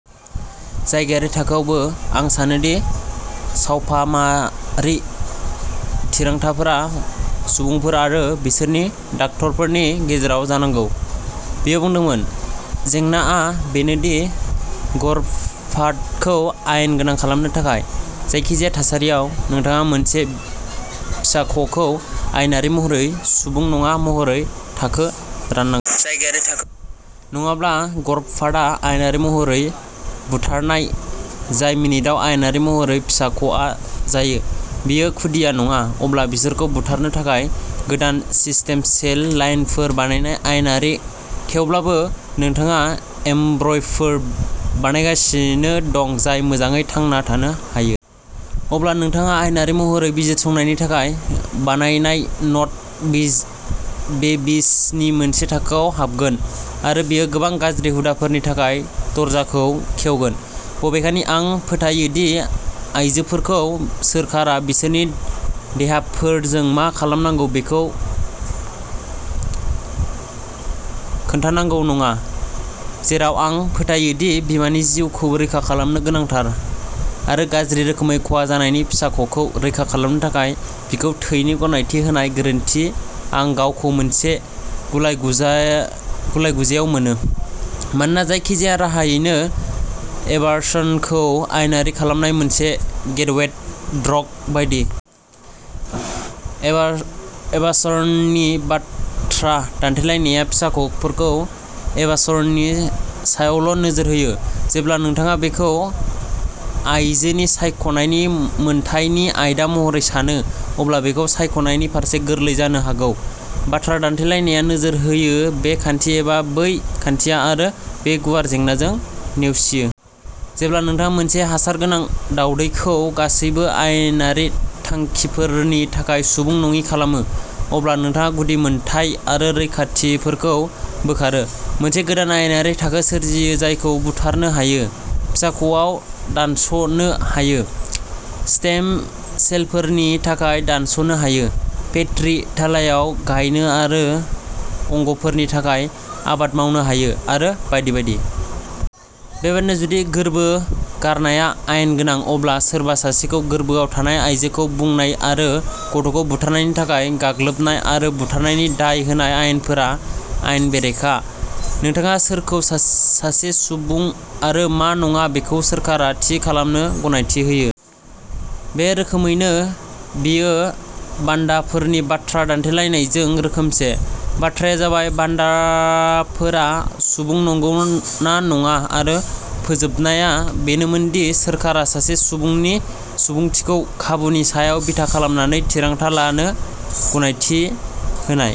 जायगायारि थाखोआवबो, आं सानो दि सावफाहामारि थिरांथाफोरा सुबुंफोर आरो बिसोरनि डक्टरफोरनि गेजेराव जानांगौ। बियो बुंदोंमोन, जेंनाआ बेनो दि गर्भपातखौ आयेन गोनां खालामनो थाखाय, जायखिजाया थासारियाव, नोंथाङा मोनसे फिसाख'खौ आयेनारि महरै सुबुं नङा महरै थाखो राननांगोन। नङाब्ला, गर्भपातआ आयेनारि महरै बुथारनाय। जाय मिनिटआव आयेनारि महरै फिसाख'आ जायो। बेयो खुदिया नङा, अब्ला बिसोरखौ बुथारनो थाखाय गोदान स्टेम सेल लाइनफोर बानायनाया आयेनारि, थेवब्लाबो नोंथाङा एम्ब्रय'फोर बानायगासिनो दं जाय मोजाङै थांना थानो हायो। अब्ला नोंथाङा आयेनारि महरै बिजिरसंनायनि थाखाय बानायनाय न'ट-बिज बेबीज नि मोनसे थाखोआव हाबगोन, आरो बेयो गोबां गाज्रि हुदाफोरनि थाखाय दरजाखौ खेवगोन। बबेखानि आं फोथायो दि आयजोफोरखौ सोरखारा बिसोरनि देहाफोरजों मा खालामनांगौ बेखौ खोन्थानांगौ नङा, जेराव आं फोथायो दि बिमानि जिउखौ रैखा खालामनाया गोनांथार, आरो गाज्रि रोखोमै खहा जानाय फिसाख'खौ रैखा खालामनो थाखाय बिखौ थैनो गनायथि होनाया गोरोन्थि आं गावखौ मोनसे गुलाय-गुजाय गुजायाव मोनो, मानोना जायखिजाया राहायैनो एबार्सनखौ आयेनारि खालामनाया मोनसे गेटवे ड्रग बायदि। एबार एबार्सननि बाथ्रा दान्थेलायनाया फिसाख'फोरखौ एबार्सननि सायावल' नोजोर होयो। जेब्ला नोंथाङा बेखौ आयजोनि सायख'नायनि मोन्थाइ नि आयदा महरै सानो, अब्ला बेखौ सायख'नायनि फारसे गोरलै जानो हागौ। बाथ्रा दान्थेलायनाया नोजोर होयो बे खान्थि एबा बै खान्थिया आरो बे गुवार जेंनाखौ नेवसियो। जेब्ला नोंथाङा मोनसे हासार गोनां दावदैखौ गासैबो आयेनारि थांखिफोरनि थाखाय सुबुं नङि खालामो, अब्ला नोंथाङा गुदि मोनथाय आरो रैखाथिफोरखौ बोखारो, मोनसे गोदान आयेनारि थाखो सोरजियो जायखौ बुथारनो हायो, फिसाख'आव दानस'नो हायो, स्टेम सेलफोरनि थाखाय दानस'नो हायो, पेट्रि थालायाव गायनो हायो आरो अंग'फोरनि थाखाय आबाद मावनो हायो, आरो बायदि बायदि। बेबायदिनो, जुदि गोर्बो गारनाया आयेन गोनां, अब्ला सोरबा सासेखौ गोर्बोआव थानाय आयजोखौ बुनाय आरो गथ'खौ बुथारनायनि थाखाय गाग्लोबनाय आरो बुथारनायनि दाय होनाय आयेनफोरा आयेन बेरेखा। नोंथाङा सोरखौ सासे सुबुं आरो मा नङा बेखौ सोरखारा थि खालामनो गनायथि होयो। बे रोखोमैनो, बेयो बान्दाफोरनि बाथ्रा दानथेलायनायजों रोखोमसे। बाथ्राया जाबाय बान्दाफोरा सुबुं नंगौ ना नङा, आरो फोजोबनाया बेनोमोन दि सोरखारा सासे सुबुंनि सुबुंथिखौ खाबुनि सायाव बिथा खालामनानै थिरांथा लानो गनायथि होनाय।